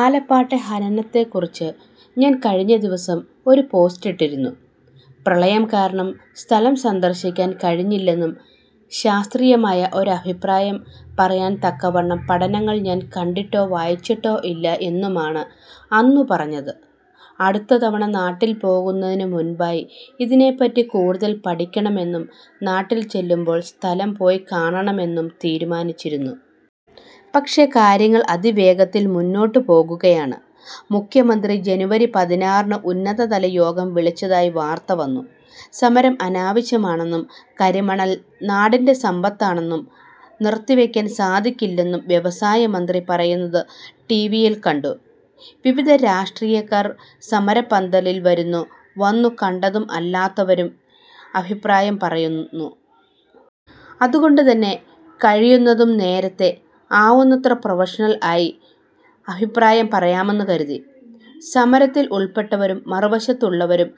ആലപ്പാട്ടെ ഖനനത്തെക്കുറിച്ച് ഞാൻ കഴിഞ്ഞ ദിവസം ഒരു പോസ്റ്റിട്ടിരുന്നു. പ്രളയം കാരണം സ്ഥലം സന്ദർശിക്കാൻ കഴിഞ്ഞില്ലെന്നും ശാസ്ത്രീയമായ ഒരഭിപ്രായം പറയാൻ തക്കവണ്ണം പഠനങ്ങൾ ഞാൻ കണ്ടിട്ടോ വായിച്ചിട്ടോ ഇല്ല എന്നുമാണ് അന്നു പറഞ്ഞത്. അടുത്ത തവണ നാട്ടിൽ പോകുന്നതിനു മുമ്പായി ഇതിനെപ്പറ്റി കൂടുതൽ പഠിക്കണമെന്നും നാട്ടിൽ ചെല്ലുമ്പോൾ സ്ഥലം പോയിക്കാണണമെന്നും തീരുമാനിച്ചിരുന്നു. പക്ഷെ, കാര്യങ്ങൾ അതിവേഗത്തിൽ മുന്നോട്ടു പോകുകയാണ്. മുഖ്യമന്ത്രി ജനുവരി പതിനാറിന് ഉന്നതതലയോഗം വിളിച്ചതായി വാർത്ത വന്നു. സമരം അനാവശ്യമാണെന്നും, കരിമണൽ നാടിന്റെ സമ്പത്താണെന്നും, നിർത്തിവെക്കാൻ സാധിക്കില്ലെന്നും വ്യവസായമന്ത്രി പറയുന്നത് ടി വി യിൽ കണ്ടു. വിവിധ രാഷ്ട്രീയക്കാർ സമരപ്പന്തലിൽ വരുന്നു. വന്നു കണ്ടവരും അല്ലാത്തവരും അഭിപ്രായം പറയുന്നു. അതുകൊണ്ടു തന്നെ കഴിയുന്നതും നേരത്തെ ആവുന്നത്ര പ്രൊഫഷണൽ ആയി അഭിപ്രായം പറയാമെന്ന് കരുതി. സമരത്തിൽ ഉൾപ്പെട്ടവരും മറുവശത്തുള്ളവരും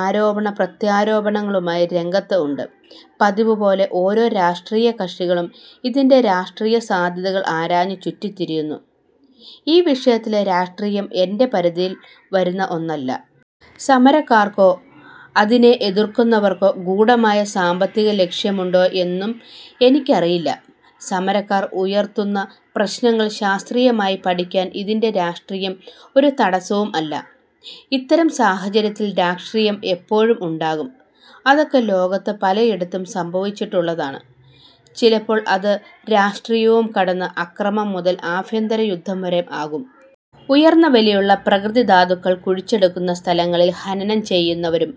ആരോപണ പ്രത്യാരോപണങ്ങളുമായി രംഗത്ത് ഉണ്ട്. പതിവ് പോലെ ഓരോ രാഷ്ട്രീയ കക്ഷികളും ഇതിന്റെ രാഷ്ട്രീയ സാധ്യതകൾ ആരാഞ്ഞു ചുറ്റിത്തിരിയുന്നു. ഈ വിഷയത്തിലെ രാഷ്ട്രീയം എന്റെ പരിധിയിൽ വരുന്ന ഒന്നല്ല. സമരക്കാർക്കോ അതിനെ എതിർക്കുന്നവർക്കോ ഗൂഢമായ സാമ്പത്തിക ലക്ഷ്യമുണ്ടോ എന്നും എനിക്കറിയില്ല. സമരക്കാർ ഉയർത്തുന്ന പ്രശ്നങ്ങൾ ശാസ്ത്രീയമായി പഠിക്കാൻ ഇതിന്റെ രാഷ്ട്രീയം ഒരു തടസവും അല്ല. ഇത്തരം സാഹചര്യത്തിൽ രാഷ്ട്രീയം എപ്പോഴും ഉണ്ടാകും. അതൊക്കെ ലോകത്ത് പലയിടത്തും സംഭവിച്ചിട്ടുള്ളതാണ്. ചിലപ്പോൾ അത് രാഷ്ട്രീയവും കടന്ന് അക്രമം മുതൽ ആഭ്യന്തര യുദ്ധം വരെ ആകും. ഉയർന്ന വിലയുള്ള പ്രകൃതി ധാതുക്കൾ കുഴിച്ചെടുക്കുന്ന സ്ഥലങ്ങളിൽ ഖനനം ചെയ്യുന്നവരും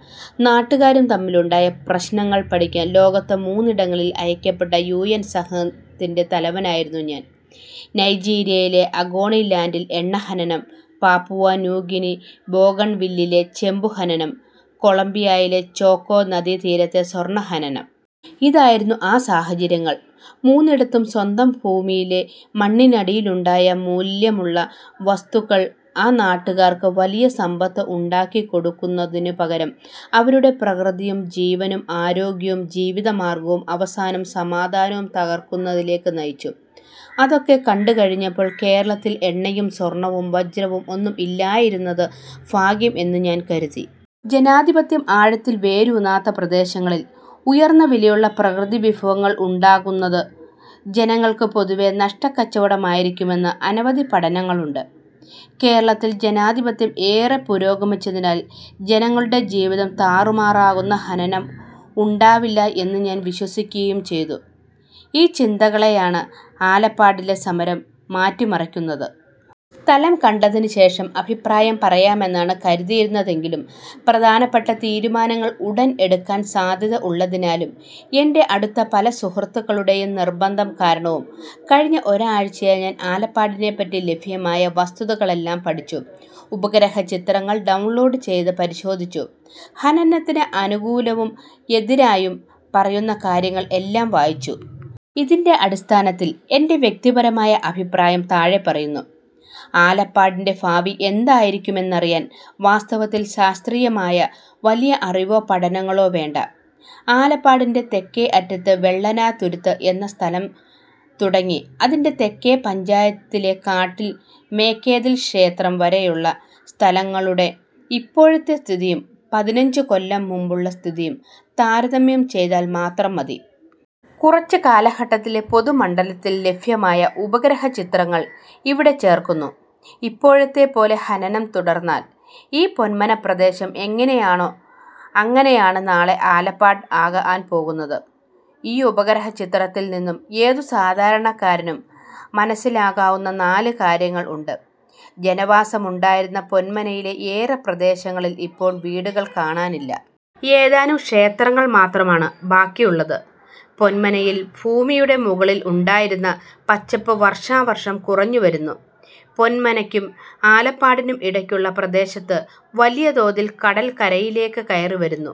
നാട്ടുകാരും തമ്മിലുണ്ടായ പ്രശ്നങ്ങൾ പഠിക്കാൻ ലോകത്ത് മൂന്നിടങ്ങളിൽ അയക്കപ്പെട്ട യു എൻ സംഘത്തിന്റെ തലവനായിരുന്നു ഞാൻ. നൈജീരിയയിലെ ഒഗോണിലാൻഡിൽ എണ്ണ ഖനനം, പാപുവ ന്യൂ ഗിനി ബോഗൺവില്ലിലെ ചെമ്പു ഖനനം, കൊളംബിയയിലെ ചോക്കോ നദീതീരത്തെ സ്വർണ്ണ ഹനനം. ഇതായിരുന്നു ആ സാഹചര്യങ്ങൾ. മൂന്നിടത്തും സ്വന്തം ഭൂമിയിലെ മണ്ണിനടിയിലുണ്ടായ മൂല്യമുള്ള വസ്തുക്കൾ ആ നാട്ടുകാർക്ക് വലിയ സമ്പത്ത് ഉണ്ടാക്കിക്കൊടുക്കുന്നതിന് പകരം അവരുടെ പ്രകൃതിയും ജീവനും ആരോഗ്യവും ജീവിതമാർഗ്ഗവും അവസാനം സമാധാനവും തകർക്കുന്നതിലേക്ക് നയിച്ചു. അതൊക്കെ കണ്ടു കഴിഞ്ഞപ്പോൾ കേരളത്തിൽ എണ്ണയും സ്വർണ്ണവും വജ്രവും ഒന്നും ഇല്ലായിരുന്നത് ഭാഗ്യം എന്ന് ഞാൻ കരുതി. ജനാധിപത്യം ആഴത്തിൽ വേരൂന്നാത്ത പ്രദേശങ്ങളിൽ ഉയർന്ന വിലയുള്ള പ്രകൃതി വിഭവങ്ങൾ ഉണ്ടാകുന്നത് ജനങ്ങൾക്ക് പൊതുവെ നഷ്ടക്കച്ചവടമായിരിക്കുമെന്ന് അനവധി പഠനങ്ങളുണ്ട്. കേരളത്തിൽ ജനാധിപത്യം ഏറെ പുരോഗമിച്ചതിനാൽ ജനങ്ങളുടെ ജീവിതം താറുമാറാക്കുന്ന ഹനനം ഉണ്ടാവില്ല എന്ന് ഞാൻ വിശ്വസിക്കുകയും ചെയ്തു. ഈ ചിന്തകളെയാണ് ആലപ്പാടിലെ സമരം മാറ്റി മറിക്കുന്നത്. സ്ഥലം കണ്ടതിന് ശേഷം അഭിപ്രായം പറയാമെന്നാണ് കരുതിയിരുന്നതെങ്കിലും പ്രധാനപ്പെട്ട തീരുമാനങ്ങൾ ഉടൻ എടുക്കാൻ സാധ്യത ഉള്ളതിനാലും, എന്റെ അടുത്ത പല സുഹൃത്തുക്കളുടെയും നിർബന്ധം കാരണവും കഴിഞ്ഞ ഒരാഴ്ചയായി ഞാൻ ആലപ്പാടിനെപ്പറ്റി ലഭ്യമായ വസ്തുതകളെല്ലാം പഠിച്ചു. ഉപഗ്രഹ ചിത്രങ്ങൾ ഡൗൺലോഡ് ചെയ്ത് പരിശോധിച്ചു. ഖനനത്തിന് അനുകൂലവും എതിരായും പറയുന്ന കാര്യങ്ങൾ എല്ലാം വായിച്ചു. ഇതിന്റെ അടിസ്ഥാനത്തിൽ എന്റെ വ്യക്തിപരമായ അഭിപ്രായം താഴെ പറയുന്നു. ആലപ്പാടിന്റെ ഭാവി എന്തായിരിക്കുമെന്നറിയാൻ വാസ്തവത്തിൽ ശാസ്ത്രീയമായ വലിയ അറിവോ പഠനങ്ങളോ വേണ്ട. ആലപ്പാടിന്റെ തെക്കേ അറ്റത്ത് വെള്ളനാതുരുത്ത് എന്ന സ്ഥലം തുടങ്ങി അതിന്റെ തെക്കേ പഞ്ചായത്തിലെ കാട്ടിൽ മേക്കേതിൽ ക്ഷേത്രം വരെയുള്ള സ്ഥലങ്ങളുടെ ഇപ്പോഴത്തെ സ്ഥിതിയും പതിനഞ്ചു കൊല്ലം മുമ്പുള്ള സ്ഥിതിയും താരതമ്യം ചെയ്താൽ മാത്രം മതി. കുറച്ചു കാലഘട്ടത്തിലെ പൊതുമണ്ഡലത്തിൽ ലഭ്യമായ ഉപഗ്രഹ ചിത്രങ്ങൾ ഇവിടെ ചേർക്കുന്നു. ഇപ്പോഴത്തെ പോലെ എനനം തുടർന്നാൽ ഈ പൊന്മന പ്രദേശം എങ്ങനെയായോ അങ്ങനെയാണ് നാളെ ആലപ്പാട് ആകാൻ പോകുന്നത്. ഈ ഉപഗ്രഹ ചിത്രത്തിൽ നിന്നും ഏതു സാധാരണക്കാരനും മനസ്സിലാവുന്ന നാല് കാര്യങ്ങൾ ഉണ്ട്. ജനവാസമുണ്ടായിരുന്ന പൊന്മനയിലെ ഏറെ പ്രദേശങ്ങളിൽ ഇപ്പോൾ വീടുകൾ കാണാനില്ല. ഏതാനും ക്ഷേത്രങ്ങൾ മാത്രമാണ് ബാക്കിയുളളത്. പൊന്മനയിൽ ഭൂമിയുടെ മുകളിൽ ഉണ്ടായിരുന്ന പച്ചപ്പ് വർഷാവർഷം കുറഞ്ഞുവരുന്നു. പൊന്മനക്കും ആലപ്പാടിനും ഇടക്കുള്ള പ്രദേശത്ത് വലിയ തോതിൽ കടൽ കരയിലേക്ക് കയറി വരുന്നു.